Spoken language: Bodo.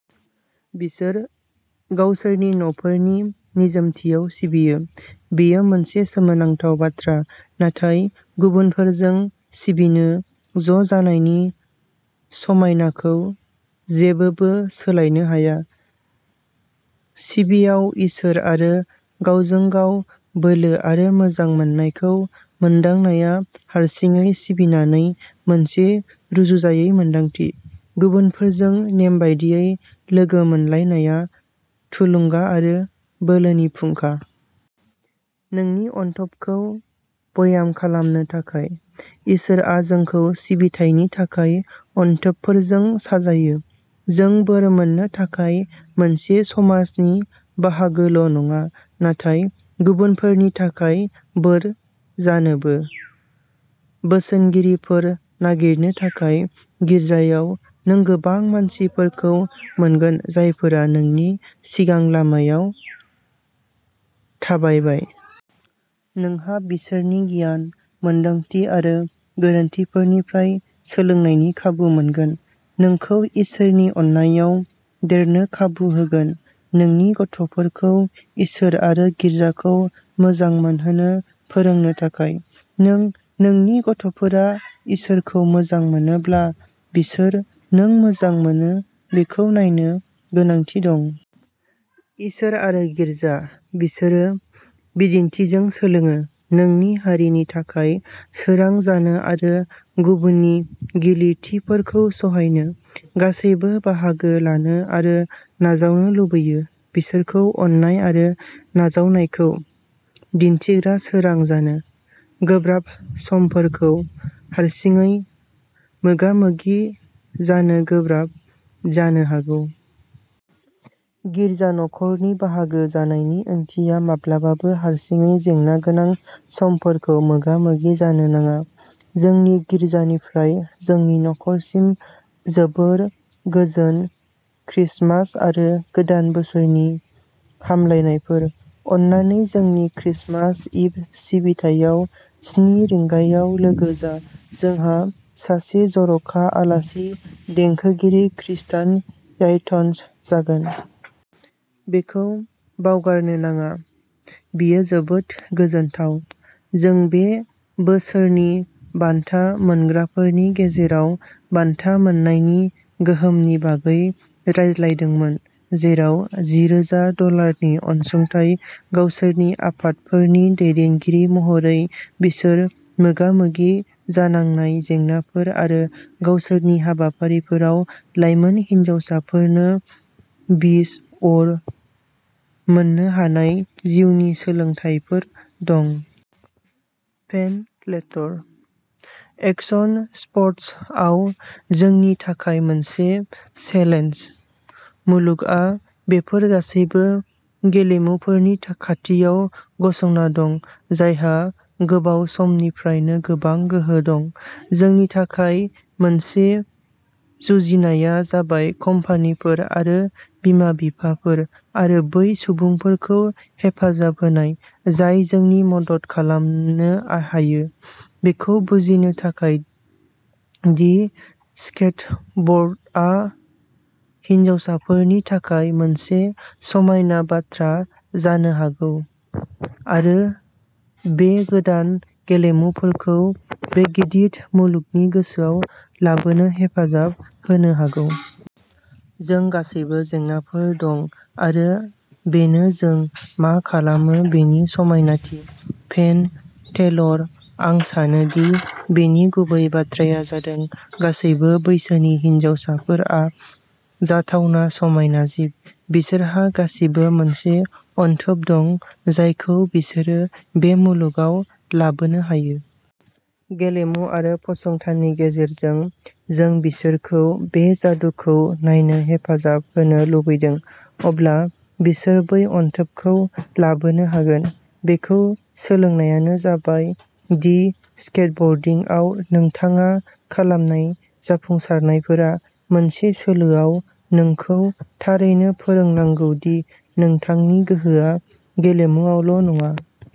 बिसोर गावसोरनि न'फोरनि निजोमथियाव सिबियो। बेयो मोनसे सोमोनांथाव बाथ्रा, नाथाय गुबुनफोरजों सिबिनो ज'जानायनि समायनाखौ जेबोबो सोलायनो हाया। सिबियाव इसोर आरो गावजों गाव बोलो आरो मोजां मोननायखौ मोनदांनाया हारसिङै सिबिनानै मोनसे रुजुजायै मोन्दांथि। गुबुनफोरजों नेमबादियै लोगो मोनलायनाया थुलुंगा आरो बोलोनि फुंखा। नोंनि अनथोबखौ बयाम खालामनो थाखाय। इसोरआ जोंखौ सिबिथायनि थाखाय अनथोबफोरजों साजायो। जों बोर मोननो थाखाय मोनसे समाजनि बाहागोल'नङा, नाथाय गुबुनफोरनि थाखाय बोर जानोबो। बोसोनगिरिफोर नागिरनो थाखाय। गिर्जायाव नों गोबां मानसिफोरखौ मोनगोन जायफोरा नोंनि सिगां लामायाव थाबायबाय। नोंहा बिसोरनि गियान, मोनदांथि आरो गोरोन्थिफोरनिफ्राय सोलोंनायनि खाबु मोनगोन, नोंखौ इसोरनि अननायाव देरनो खाबु होगोन। नोंनि गथ'फोरखौ इसोर आरो गिर्जाखौ मोजां मोनहोनो फोरोंनो थाखाय। नों नोंनि गथ'फोरा इसोरखौ मोजां मोनोब्ला, बिसोर नों मोजां मोनो बेखौ नायनो गोनांथि दं। इसोर आरो गिर्जा। बिसोरो बिदिन्थिजों सोलोङो। नोंनि हारिनि थाखाय सोरां जानो आरो गुबुननि गिलिरथिफोरखौ सहायनो। गासैबो बाहागो लानो आरो नाजावनो लुबैयो। बिसोरखौ अननाय आरो नाजावनायखौ दिन्थिग्रा सोरां जानो। गोब्राब समफोरखौ हारसिङै मोगा-मोगि जानो गोब्राब जानो हागौ। गिर्जा नखरनि बाहागो जानायनि ओंथिया माब्लाबाबो हारसिङै जेंनागोनां समफोरखौ मोगा-मोगि जानो नाङा। जोंनि गिर्जानिफ्राय जोंनि नख'रसिम, जोबोद गोजोन खृस्टमास आरो गोदान बोसोरनि हामलायनायफोर! अन्नानै जोंनि खृस्टमास इभ सिबिथायाव स्नि रिंगायाव लोगो जा। जोंहा सासे जर'खा आलासि देंखोगिरि खृस्टान यान्त्स जागोन। बेखौ बावगारनो नाङा, बियो जोबोद गोजोनथाव!... जों बे बोसोरनि बान्था मोनग्राफोरनि गेजेराव बान्था मोननायनि गोहोमनि बागै रायज्लायदोंमोन, जेराव जि रोजा डलारनि अनसुंथाइ, गावसोरनि आफादफोरनि दैदेनगिरि महरै बिसोर मोगा-मोगि जानांनाय जेंनाफोर आरो गावसोरनि हाबाफारिफोराव लाइमोन हिनजावसाफोरनो बिस अर मोन्नो हानाय जिउनि सोलोंथायफोर दं। पेन-फ्लेटरः एक्शन स्पर्टसआव जोंनि थाखाय मोनसे चेलेन्ज। मुलुगआ बेफोर गासैबो गेलेमुफोरनि था खाथियाव गसंना दं, जायहा गोबाव समनिफ्रायनो गोबां गोहो दं। जोंनि थाखाय मोनसे जुजिनाया जाबाय कम्पानिफोर आरो बिमा-बिफाफोर आरो बै सुबुंफोरखौ हेफाजाब होनाय, जाय जोंनि मदद खालामनो हायो, बेखौ बुजिनो थाखाय दि स्केटबर्डआ हिनजावसाफोरनि थाखाय मोनसे समायना बाथ्रा जानो हागौ, आरो बे गोदान गेलेमुफोरखौ बे गिदिर मुलुगनि गोसोयाव लाबोनो हेफाजाब होनो हागौ। जों गासैबो जेंनाफोर दं आरो बेनो जों मा खालामो बेनि समायनाथि। पेन-टेलरः आं सानो दि बेनि गुबै बाथ्राया जादों गासैबो बैसोनि हिनजावसाफोरआ जाथावना समायना जिब। बिसोरहा गासिबो मोनसे अनथोब दं, जायखौ बिसोरो बे मुलुगाव लाबोनो हायो। गेलेमु आरो फसंथाननि गेजेरजों जों बिसोरखौ बे जादुखौ नायनो हेफाजाब होनो लुबैदों, अब्ला बिसोर बै अनथोबखौ लाबोनो हागोन। बेखौ सोलोंनायानो जाबाय दि स्केटबर्डिंआव नोंथाङा खालामनाय जाफुंसारनायफोरा, मोनसे सोलोआव, नोंखौ थारैनो फोरोंनांगौ दि नोंथांनि गोहोआ गेलेमुआवल'नङा।